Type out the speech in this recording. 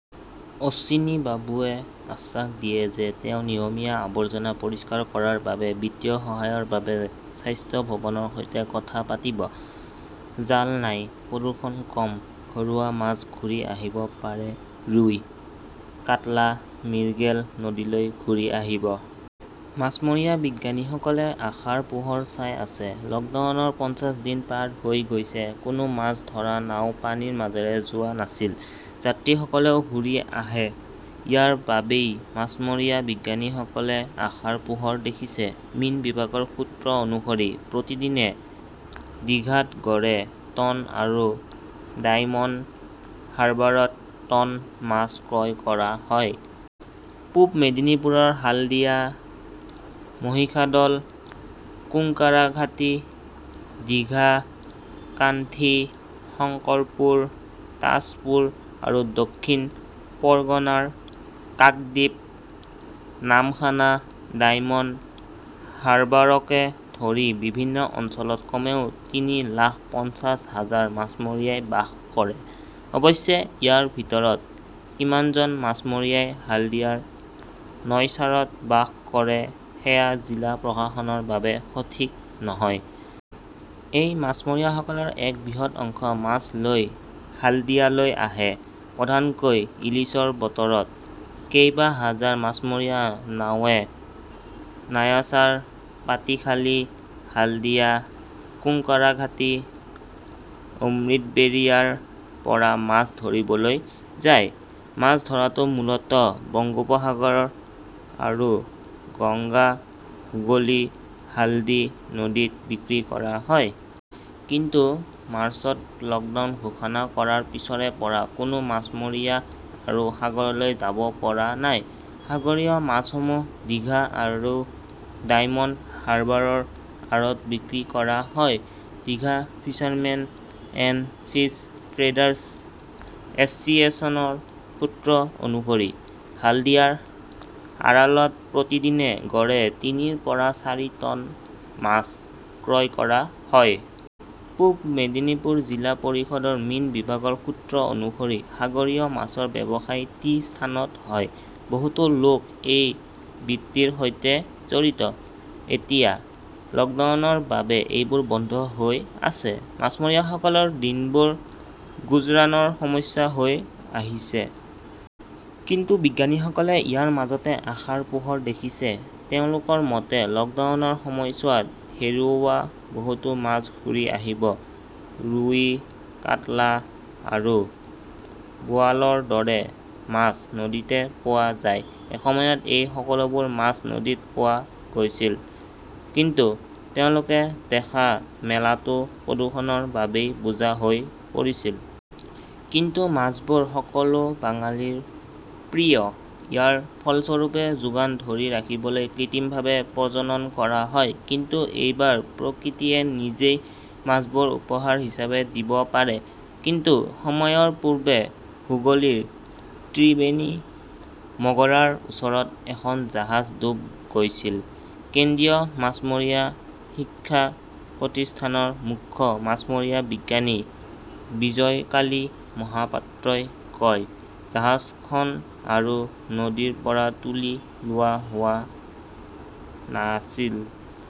অশ্বিনী বাবুৱে আশ্বাস দিয়ে যে তেওঁ নিয়মীয়া আৱৰ্জনা পৰিষ্কাৰ কৰাৰ বাবে বিত্তীয় সহায়ৰ বাবে স্বাস্থ্য ভৱনৰ সৈতে কথা পাতিব। জাল নাই, প্ৰদূষণ কম, ঘৰুৱা মাছ ঘূৰি আহিব পাৰে ৰুই, কাটলা, মিৰ্গেল নদীলৈ ঘূৰি আহিব। মাছমৰীয়া বিজ্ঞানীসকলে আশাৰ পোহৰ চাই আছে। লকডাউনৰ পঞ্চাশ দিন পাৰ হৈ গৈছে। কোনো মাছ ধৰা নাও পানীৰ মাজেৰে যোৱা নাছিল। যাত্ৰীসকলেও ঘূৰি আহে। ইয়াৰ বাবেই মাছমৰীয়া বিজ্ঞানীসকলে আশাৰ পোহৰ দেখিছে। মীন বিভাগৰ সূত্ৰ অনুসৰি প্ৰতিদিনে ডিঘাত গড়ে টন আৰু ডায়মণ্ড হাৰ্বাৰত টন মাছ ক্ৰয় কৰা হয়। পূৱ মেদিনীপুৰৰ হালদিয়া, মহিষাদল, কুঙ্কাৰাঘাটি, ডিঘা, কান্থী, শংকৰপুৰ, তাজপুৰ আৰু দক্ষিণ পৰগনাৰ কাকদ্বীপ, নামখানা, ডায়মণ্ড হাৰ্বাৰকে ধৰি বিভিন্ন অঞ্চলত কমেও তিনি লাখ পঞ্চাশ হাজাৰ মাছমৰীয়াই বাস কৰে। অৱশ্যে ইয়াৰ ভিতৰত কিমানজন মাছমৰীয়াই হালদিয়াৰ নয়চাৰত বাস কৰে সেয়া জিলা প্ৰশাসনৰ বাবে সঠিক নহয়। এই মাছমৰীয়াসকলৰ এক বৃহৎ অংশ মাছ লৈ হাল্ডিয়ালৈ আহে। প্ৰধানকৈ ইলিছৰ বতৰত কেইবাহাজাৰ মাছমৰীয়া নাওয়ে নায়াচাৰ, পাটিখালী, হালদিয়া, কুঙ্কৰাঘাটি, অমৃতবেৰিয়াৰ পৰা মাছ ধৰিবলৈ যায়। মাছ ধৰাটো মূলতঃ বংগোপসাগৰ আৰু গংগা, হুগলী, হালদী নদীত বিক্ৰী কৰা হয়। কিন্তু মাৰ্চত লকডাউন ঘোষণা কৰাৰ পিছৰে পৰা কোনো মাছমৰীয়াই আৰু সাগৰলৈ যাব পৰা নাই। সাগৰীয় মাছসমূহ ডিঘা আৰু ডায়মণ্ড হাৰ্বাৰৰ আঁৰত বিক্ৰী কৰা হয়। Digha fishermen and fish traders এছচিয়েশ্যনৰ সূত্ৰ অনুসৰি হালদিয়াৰ আড়ালত প্ৰতিদিনে গড়ে তিনিৰ পৰা চাৰি টন মাছ ক্ৰয় কৰা হয়। পূব মেদিনীপুৰত জিলা পৰিষদৰ মীন বিভাগৰ সূত্ৰ অনুসৰি সাগৰীয় মাছৰ ব্যৱসায় টি স্থানত হয়। বহুতো লোক এই বৃত্তিৰ সৈতে জড়িত। এতিয়া লকডাউনৰ বাবে এইবোৰ বন্ধ হৈ আছে। মাছমৰীয়াসকলৰ দিনবোৰ গুজৰাণৰ সমস্যা হৈ আহিছে। কিন্তু বিজ্ঞানীসকলে ইয়াৰ মাজতে আশাৰ পোহৰ দেখিছে। তেওঁলোকৰ মতে লকডাউনৰ সময়ছোৱাত হেৰুওৱা বহুতো মাছ ঘূৰি আহিব। ৰুৱী, কাটলা, আৰু বোৱালৰ দৰে মাছ নদীতে পোৱা যায়। এসময়ত এই সকলোবোৰ মাছ নদীত পোৱা গৈছিল। কিন্তু তেওঁলোকে দেখা মেলাটো প্ৰদূষণৰ বাবেই বোজা হৈ পৰিছিল। কিন্তু মাছবোৰ সকলো বাঙালীৰ প্ৰিয়। ইয়াৰ ফলস্বৰূপে যোগান ধৰি ৰাখিবলৈ কৃত্ৰিমভাৱে প্ৰজনন কৰা হয়। কিন্তু এইবাৰ প্ৰকৃতিয়ে নিজেই মাছবোৰ উপহাৰ হিচাপে দিব পাৰে। কিছু সময়ৰ পূৰ্বে হুগলীৰ ত্ৰিবেণী মগৰাৰ ওচৰত এখন জাহাজ ডুব গৈছিল, কেন্দ্ৰীয় মাছমৰীয়া শিক্ষা প্ৰতিষ্ঠানৰ মুখ্য মাছমৰীয়া বিজ্ঞানী বিজয়কালী মহাপাত্ৰই কয়। জাহাজখন আৰু নদীৰ পৰা তুলি লোৱা হোৱা নাছিল।